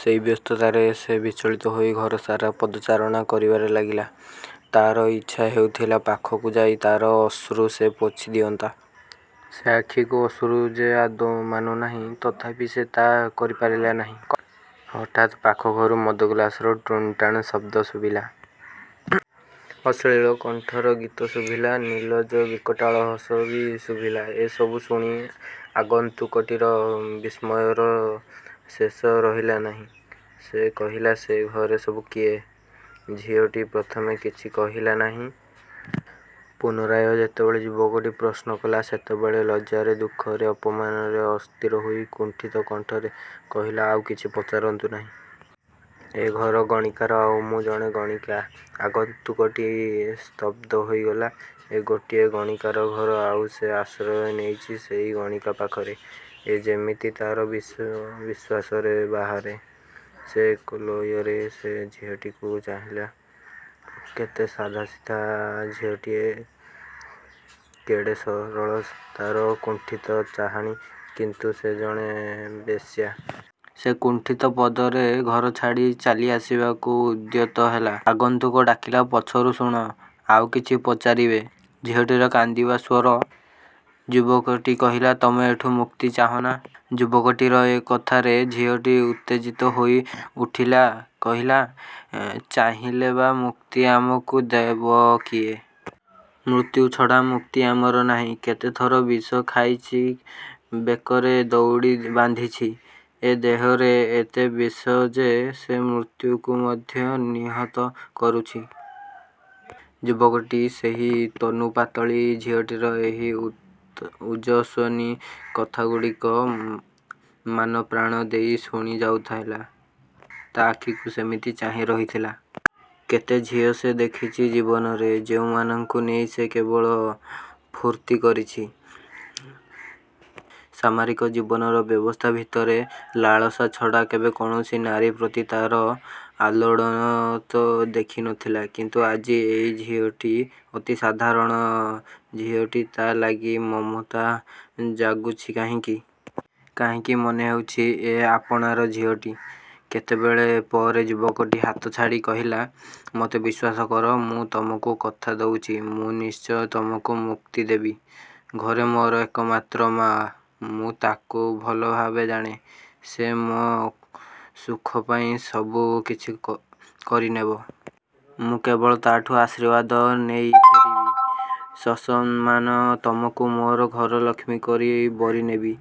ସେଇ ବ୍ୟସ୍ତତାରେ ସେ ବିଚଳିତ ହୋଇ ଘରସାରା ପଦଚାରଣା କରିବାରେ ଲାଗିଲା। ତାର ଇଚ୍ଛା ହେଉଥିଲା ପାଖକୁ ଯାଇ ତାର ଅଶ୍ରୁ ସେ ପୋଛି ଦିଅନ୍ତା। ସେ ଆଖିକୁ ଅଶ୍ରୁ ଯେ ଆଦୌ ମାନୁ ନାହିଁ ତଥାପି ସେ ତା କରିପାରିଲା ନାହିଁ। ହଠାତ୍ ପାଖ ଘରୁ ମଦ ଗ୍ଲାସର ଟୁଣଟାଣ ଶବ୍ଦ ଶୁଭିଲା। ଅଶ୍ଳୀଳ କଣ୍ଠର ଗୀତ ଶୁଭିଲା, ନିଲଜ୍ଜ ବିକଟାଳ ହସ ବି ଶୁଭିଲା ଏ ସବୁ ଶୁଣି ଆଗନ୍ତୁକଟିର ବିସ୍ମୟର ଶେଷ ରହିଲାନାହିଁ । ସେ କହିଲା, ସେ ଘରେ ସବୁ କିଏ? ଝିଅଟି ପ୍ରଥମେ କିଛି କହିଲା ନାହିଁ, ପୁନରାୟ ଯେତେବେଳେ ଯୁବକଟି ପ୍ରଶ୍ନ କଲା ସେତେବେଳେ ଲଜ୍ଜାରେ, ଦୁଃଖରେ, ଅପମାନରେ ଅସ୍ଥିର ହୋଇ କୁଣ୍ଠିତ କଣ୍ଠରେ କହିଲା, ଆଉ କିଛି ପଚାରନ୍ତୁ ନାହିଁ। ଏ ଘର ଗଣିକାର ଆଉ ମୁଁ ଜଣେ ଗଣିକା। ଆଗନ୍ତୁକଟି ସ୍ତବ୍ଧ ହୋଇଗଲା। ଏ ଗୋଟାଏ ଗଣିକାର ଘର ଆଉ ସେ ଆଶ୍ରୟ ନେଇଚି ସେଇ ଗଣିକା ପାଖରେ? ଏ ଯେମିତି ତାର ବିଷଶ ରେ ବିଶ୍ୱାସରେ ବାହାରେ। ସେ ଏକ ଲୟରେ ସେ ଝିଅଟିକୁ ଚାହିଁଲା କେତେ ସାଧାସିଧା ଝିଅଟିଏ, କେଡ଼େ ସରଳତାର କୁଣ୍ଠିତ ଚାହାଣି କିନ୍ତୁ ସେ ଜଣେ ବେଶ୍ୟା। ସେ କୁଣ୍ଠିତ ପଦରେ ଘରଛାଡ଼ି ଚାଲିଆସିବାକୁ ଉଦ୍ୟତ ହେଲା। ଆଗନ୍ତୁକ ଡାକିଲା ପଛରୁ ଶୁଣ, ଆଉ କିଛି ପଚାରିବେ? ଝିଅଟିର କାନ୍ଦିବା ସ୍ୱର। ଯୁବକଟି କହିଲା ତମେ ଏଠୁ ମୁକ୍ତି ଚାହଁ ନା? ଯୁବକଟିର ଏ କଥାରେ ଝିଅଟି ଉତ୍ତେଜିତ ହୋଇ ଉଠିଲା କହିଲା, ଚାହିଁଲେ ବା ମୁକ୍ତି ଆମକୁ ଦେବ କିଏ? ମୃତ୍ୟୁଛଡ଼ା ମୁକ୍ତି ଆମର ନାହିଁ, କେତେ ଥର ବିଷ ଖାଇଚି, ବେକରେ ଦଉଡ଼ି ବାନ୍ଧିଛି। ଏ ଦେହରେ ଏତେ ବିଷ ଯେ ସେ ମୃତ୍ୟୁକୁ ମଧ୍ୟ ନିହତ କରୁଛି। ଯୁବକଟି ସେହି ତନୁପାତଳୀ ଝିଅଟିର ଏହି ଓଜସ୍ୱିନୀ କଥାଗୁଡ଼ିକ ମାନପ୍ରାଣ ଦେଇ ଶୁଣି ଯାଉଥିଲା। ତା ଆଖିକୁ ସେମିତି ଚାହିଁ ରହିଥିଲା। କେତେ ଝିଅ ସେ ଦେଖିଚି ଜୀବନରେ, ଯେଉଁମାନଙ୍କୁ ନେଇ ସେ କେବଳ ଫୁର୍ତ୍ତି କରିଛି। ସାମାରିକ ଜୀବନର ବ୍ୟବ ସ୍ଥା ଭିତରେ, ଲାଳସା ଛଡ଼ା କେବେ କୌଣସି ନାରୀ ପ୍ରତି ତା ର ଆଲୋଡ଼ନ ତ ଦେଖି ନଥିଲା କିନ୍ତୁ ଆଜି ଏଇ ଝିଅଟି, ଅତି ସାଧାରଣ ଝିଅଟି ତା ଲାଗି ମମତା ଜାଗୁଛି କାହିଁକି? କାହିଁକି ମନେ ହେଉଛି ଏ ଆପଣାର ଝିଅଟି। କେତେବେଳ ପରେ ଯୁବକଟି ହାତଛାଡ଼ି କହିଲା, ମତେ ବିଶ୍ୱାସ କର ମୁଁ ତମକୁ କଥା ଦଉଚି, ମୁଁ ନିଶ୍ଚୟ ତମକୁ ମୁକ୍ତି ଦେବି। ଘରେ ମୋର ଏକମାତ୍ର ମାଆ। ମୁଁ ତାକୁ ଭଲଭାବେ ଜାଣେ। ସେ ମୋ ସୁଖ ପାଇଁ ସବୁ କିଛି କ କରିନେବ। ମୁଁ କେବଳ ତାଠୁ ଆଶୀର୍ବାଦ ନେଇ ଫେରିବି। ସସମ୍ମାନ ତମକୁ ମୋର ଘରଲକ୍ଷ୍ମୀ କରି ବରି ନେବି।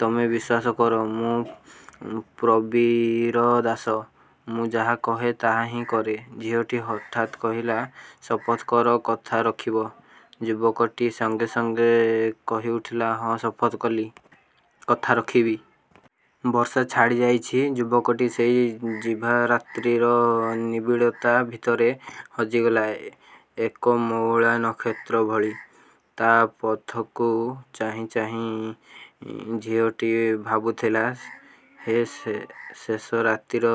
ତମେ ବିଶ୍ୱାସ କର, ମୁଁ ପ୍ରବୀର ଦାସ। ମୁଁ ଯାହା କହେ, ତାହା ହିଁ କରେ। ଝିଅଟି ହଠାତ୍ କହିଲା, ଶପଥ କର କଥା ରଖିବ। ଯୁବକଟି ସଙ୍ଗେ ସଙ୍ଗେ କହି ଉଠିଲା ହଁ ଶପଥ କଲି, କଥା ରଖିବି। ବର୍ଷା ଛାଡ଼ି ଯାଇଛି । ଯୁବକଟି ସେଇ ଭିଜା ରାତ୍ରିର ନିବିଡ଼ତା ଭିତରେ ହଜିଗଲା ଏକ ମଉଳା ନକ୍ଷତ୍ର ଭଳି। ତାର ପଥକୁ ଚାହିଁ ଚାହିଁ ଝିଅଟି ଭାବୁଥିଲା, ହେ ଶେଷ ରାତ୍ରିର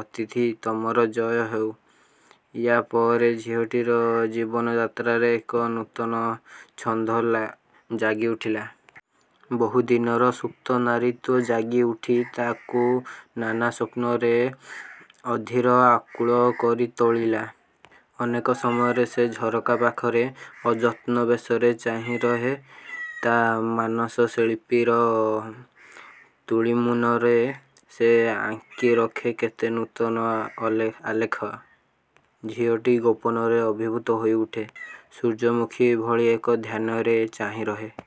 ଅତିଥି ତମର ଜୟ ହେଉ। ୟାପରେ ଝିଅଟିର ଜୀବନଯାତ୍ରାରେ ଏକ ନୂତନ ଛନ୍ଦ ଜାଗି ଉଠିଲା। ବହୁ ଦିନର ସୁପ୍ତ ନାରୀତ୍ଵ ଜାଗି ଉଠି ତାକୁ ନାନା ସ୍ୱପ୍ନରେ, ଅଧୀର, ଆକୁଳ କରି ତୋଳିଲା। ଅନେକ ସମୟରେ ସେ ଝରକା ପାଖରେ, ଅଯତ୍ନ ବେଶରେ ଚାହିଁ ରହେ ତା ମାନସ ଶିଳ୍ପୀର ତୂଳିମୁନରେ, ସେ ଆଙ୍କି ରଖେ କେତେ ନୂତନ ଆଗଲେଖ ଆଲେଖ୍ୟ। ଝିଅଟି ଗୋପନରେ ଅଭିଭୂତ ହୋଇ ଉଠେ, ସୂର୍ଯ୍ୟମୁଖୀ ଭଳି ଏକ ଧ୍ୟାନରେ ଚାହିଁ ରହେ।